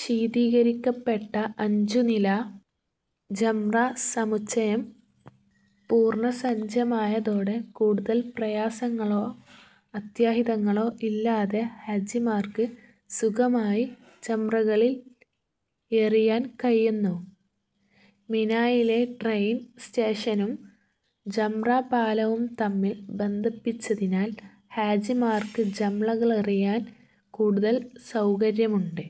ശീതീകരിക്കപ്പെട്ട അഞ്ചുനില ജംറ സമുച്ചയം പൂർണസജ്ജമായതോടെ കൂടുതൽ പ്രയാസങ്ങളോ അത്യാഹിതങ്ങളോ ഇല്ലാതെ ഹാജിമാർക്ക് സുഗമമായി ജംറകളിൽ എറിയാൻ കഴിയുന്നു. മിനായിലെ ട്രെയിൻ സ്റ്റേഷനും ജംറ പാലവും തമ്മിൽ ബന്ധിപ്പിച്ചതിനാൽ ഹാജിമാർക്ക് ജംറകളെറിയാൻ കൂടുതൽ സൗകര്യമുണ്ട്.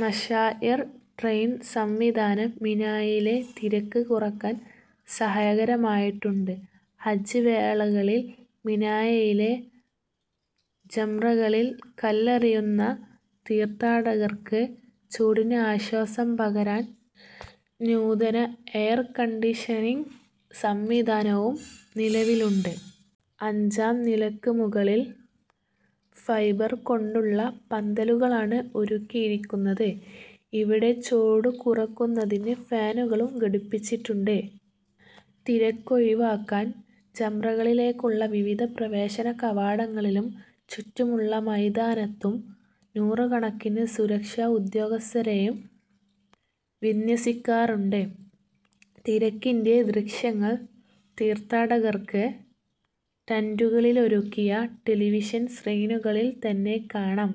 മശാഇർ ട്രെയിൻ സംവിധാനം മിനായിലെ തിരക്ക് കുറക്കാൻ സഹായകരമായിട്ടുണ്ട്. ഹജ്ജ് വേളയിൽ മിനയിലെ ജംറകളിൽ കല്ലെറിയുന്ന തീർഥാടകർക്ക് ചൂടിന് ആശ്വാസം പകരാൻ നൂതന എയർകണ്ടീഷനിങ് സംവിധാനവും നിലവിലുണ്ട്. അഞ്ചാം നിലക്ക് മുകളിൽ ഫൈബർ കൊണ്ടുള്ള പന്തലുകളാണ് ഒരുക്കിയിരിക്കുന്നത്. ഇവിടെ ചൂട് കുറക്കുന്നതിന് ഫാനുകളും ഘടിപ്പിച്ചിട്ടുണ്ട്. തിരക്കൊഴിവാക്കാൻ ജംറകളിലേക്കുള്ള വിവിധ പ്രവേശന കവാടങ്ങളിലും ചുറ്റുമുള്ള മൈതാനത്തും നൂറുക്കണക്കിന് സുരക്ഷ ഉദ്യോഗസ്ഥരെയും വിന്ന്യസിക്കാറുണ്ട്. തിരക്കിന്റെ ദൃശ്യങ്ങൾ തീർഥാടകർക്ക് ടന്റുകളിലൊരുക്കിയ ടെലിവിഷൻ സ്ക്രീനുകളിൽ തന്നെ കാണാം.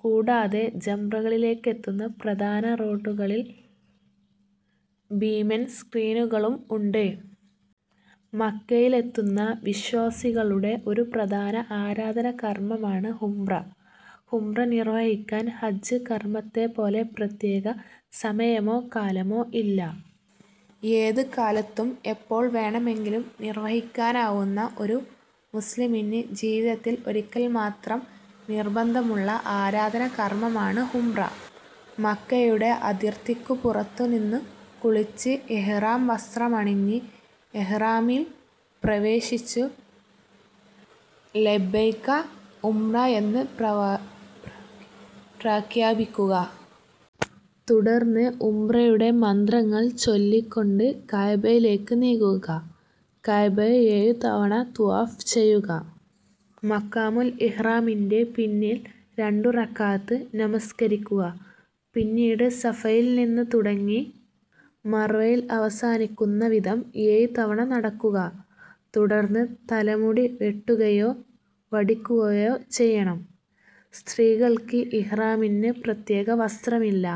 കൂടാതെ ജംറകളിലേക്ക് എത്തുന്ന പ്രധാന റോഡുകളിൽ ഭീമൻ സ്ക്രീനുകളും ഉണ്ട്. മക്കയിലെത്തുന്ന വിശ്വാസികളുടെ ഒരു പ്രധാന ആരാധനാ കർമമാണ് ഉംറ. ഉംറ നിർവഹിക്കാൻ ഹജ്ജ് കർമ്മത്തെപ്പോലെ പ്രത്യേക കാലമോ സമയമോ ഇല്ല. ഏത് കാലത്തും എപ്പോൾ വേണമെങ്കിലും നിർവ്വഹിക്കാവുന്നതാണ്. ഒരു മുസ്ലിമിന് ജീവിതത്തിൽ ഒരിക്കൽ മാത്രം നിർബന്ധമുള്ള ആരാധനാ കർമമാണ് ഉംറ. മക്കയുടെ അതിർത്തിക്കു പുറത്തു നിന്നും കുളിച്ച് ഇഹ്റാം വസ്ത്രമണിഞ്ഞ് ഇഹ്റാമിൽ പ്രവേശിച്ചു ലബൈക ഉംറ എന്ന് പ്രഖ്യാപിക്കുക. തുടർന്ന് ഉംറയുടെ മന്ത്രങ്ങൾ ചൊല്ലിക്കൊണ്ട് കഅബയിലേക്ക് നീങ്ങുക. കഅബയെ ഏഴു തവണ ത്വവാഫ് ചെയ്യുക. മഖാമു ഇബ്റാഹീമിന്റെ പിന്നിൽ രണ്ടു റക്അത്ത് നമസ്കരിക്കുക. പിന്നീട് സഫയിൽ നിന്ന് തുടങ്ങി മർവയിൽ അവസാനിക്കുന്ന വിധം ഏഴുതവണ നടക്കുക. തുടർന്ന് തലമുടി വെട്ടുകയോ വടിക്കുകയോ ചെയ്യണം. സ്ത്രീകൾക്ക് ഇഹ്റാമിന്ന് പ്രത്യേക വസ്ത്രമില്ല.